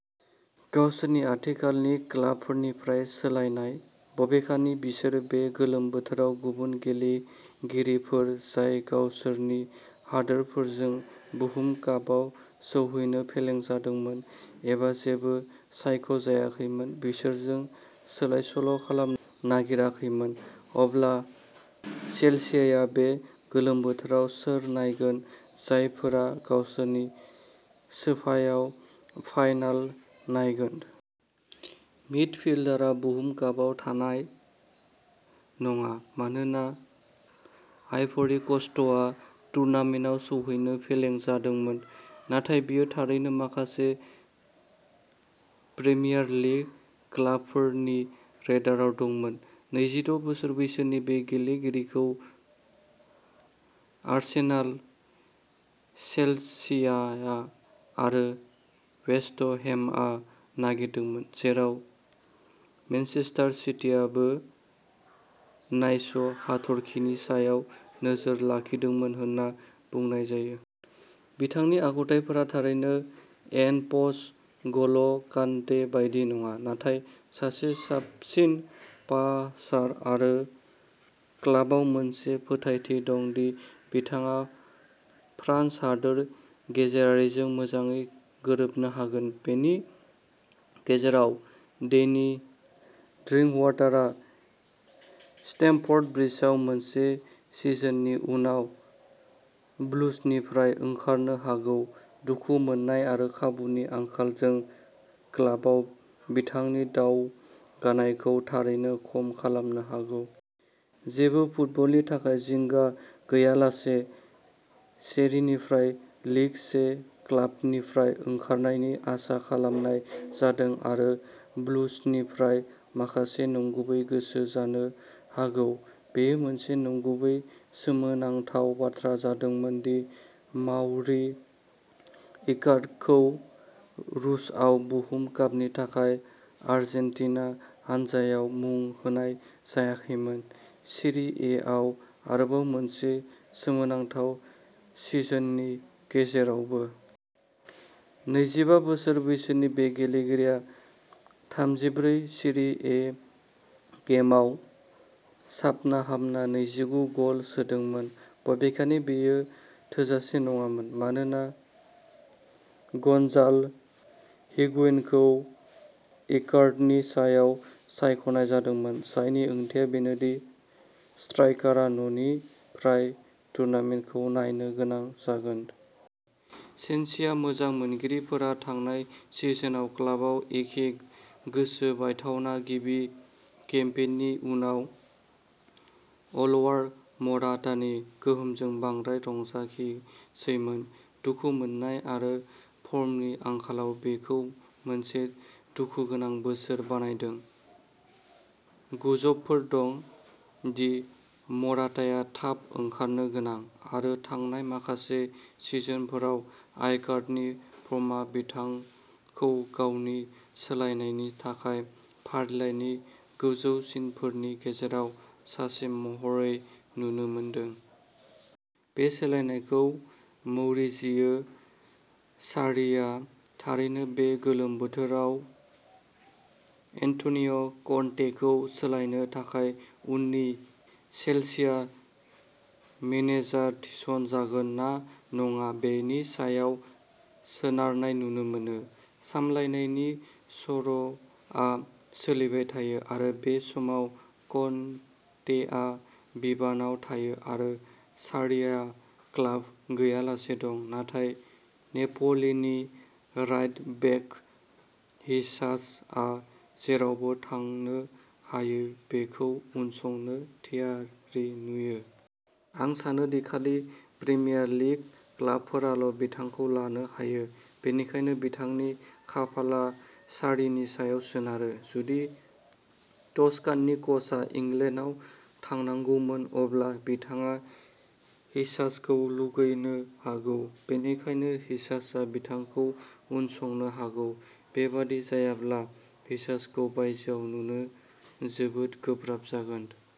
गावसोरनि आथिखालनि क्लाबफोरनिफ्राय सोलायनाय। बबेखानि बिसोर बे गोलोम बोथोराव गुबुन गेलेगिरिफोर जाय गावसोरनि हादोरफोरजों बुहुम कापआव सौहैनो फेलें जादोंमोन एबा जेबो सायख'जायाखैमोन, बिसोरजों सोलायसोल'खालामनो नागिराखैमोन। अब्ला चेल्सिया बे गोलोम बोथोराव सोर नायगोन, जायफोरा गावसोरनि सोफायाव फाइनाल नायगोन? मिडफिल्डारआ बुहुम कापआव थानाय नङा, मानोना आइभ'रि क'स्टआ टुर्नामेन्टआव सौहैनो फेलें जादोंमोन, नाथाय बियो थारैनो माखासे प्रिमियार लिग क्लाबफोरनि रेडारआव दंमोन। नैजिद' बोसोर बैसोनि बे गेलेगिरिखौ आर्सेनाल, चेल्सियाआ आरो वेस्ट हेमआ नागिरदोंमोन, जेराव मेनचेस्टार सिटीआबो नाइस हाथरखिनि सायाव नोजोर लाखिदोंमोन होनना बुंनाय जायो। बिथांनि आखुथायफोरा थारैनो एन'प'स ग'ल'कान्टे बायदि नङा, नाथाय सासे साबसिन पासार आरो क्लाबआव मोनसे फोथायथि दं दि बिथाङा फ्रान्स हादोर गेजेरारिजों मोजाङै गोरोबनो हागोन। बेनि गेजेराव, डेनि ड्रिंकवाटारआ स्टेमफर्ड ब्रिजआव मोनसे सिजननि उनाव ब्लुजनिफ्राय ओंखारनो हागौ, दुखु मोननाय आरो खाबुनि आंखालजों क्लाबआव बिथांनि दावगानायखौ थारैनो खम खालामनो हागौ। जेबो फुटबलनि थाखाय जिंगा गैयालासे, सेरिनिफ्राय लिग से क्लाबनिफ्राय ओंखारनायनि आसा खालामनाय जादों आरो ब्लुजनिफ्राय माखासे नंगुबै गोसो जानो हागौ। बेयो मोनसे नंगुबै सोमोनांथाव बाथ्रा जादोंमोन दि माउरो इकार्डिखौ रूसआव बुहुम कापनि थाखाय आर्जेन्टिना हानजायाव मुं होनाय जायाखैमोन, सिरि एआव आरोबाव मोनसे सोमोनांथाव सिजननि गेजेरावबो। नैजिबा बोसोर बैसोनि बे गेलेगिरिया थामजिब्रै सिरि ए गेमआव साबना-हामना नैजिगु गल सोदोंमोन, बबेखानि बेयो थोजासे नङामोन मानोना गन्जाल' हिगुयेनखौ इकार्डिनि सायाव सायख'नाय जादोंमोन, जायनि ओंथिया बेनोदि स्ट्राइकारआ न'निफ्राय टुर्नामेन्टखौ नायनो गोनां जागोन। चेल्सिया मोजां मोनगिरिफोरा थांनाय सिजनआव क्लाबआव एसे गोसो बायथावना गिबि केम्पेइननि उनाव अलवार'मराटानि गोहोमजों बांद्राय रंजाखिसैमोन। दुखु मोन्नाय आरो फर्मनि आंखालआ बेखौ मोनसे दुखुगोनां बोसोर बानायदों। गुजबफोर दं दि मराताया थाब ओंखारनो गोनां, आरो थांनाय माखासे सिजनफोराव इकार्डिनि फर्मआ बिथांखौ गावनि सोलायनायनि थाखाय फारिलाइनि गोजौसिनफोरनि गेजेराव सासे महरै नुनो मोनदों। बे सोलायनायखौ मौरिजियो सार्रीआ थारैनो बे गोलोम बोथोराव एन्ट'निय'कन्तेखौ सोलायनो थाखाय उननि चेल्सिया मेनेजार थिसनजागोन ना नङा बेनि सायाव सोनारनाय नुनो मोनो। सामलायनायनि सल'आ सोलिबाय थायो आरो बे समाव कन्तेआ बिबानआव थायो आरो सार्रीआ क्लाब गैयालासे दं, नाथाय नेप'लीनि राइट-बेक हिसाजआ जेरावबो थांनो हायो बेखौ उनसंनो थियारि नुयो। "आं सानो दि खालि प्रिमियार लीग क्लाबफोराल'बिथांखौ लानो हायो, बेनिखायनो बिथांनि खाफालआ सार्रीनि सायाव सोनारो।" जुदि टस्काननि कचआ इंलेन्डआव थांनांगौमोन, अब्ला बिथाङा हिसाजखौ लुबैनो हागौ, बेनिखायनो, हिसाजआ बिथांखौ उनसंनो हागौ। बेबादि जायाब्ला, हिसाजखौ बायजोआव नुनो जोबोद गोब्राब जागोन।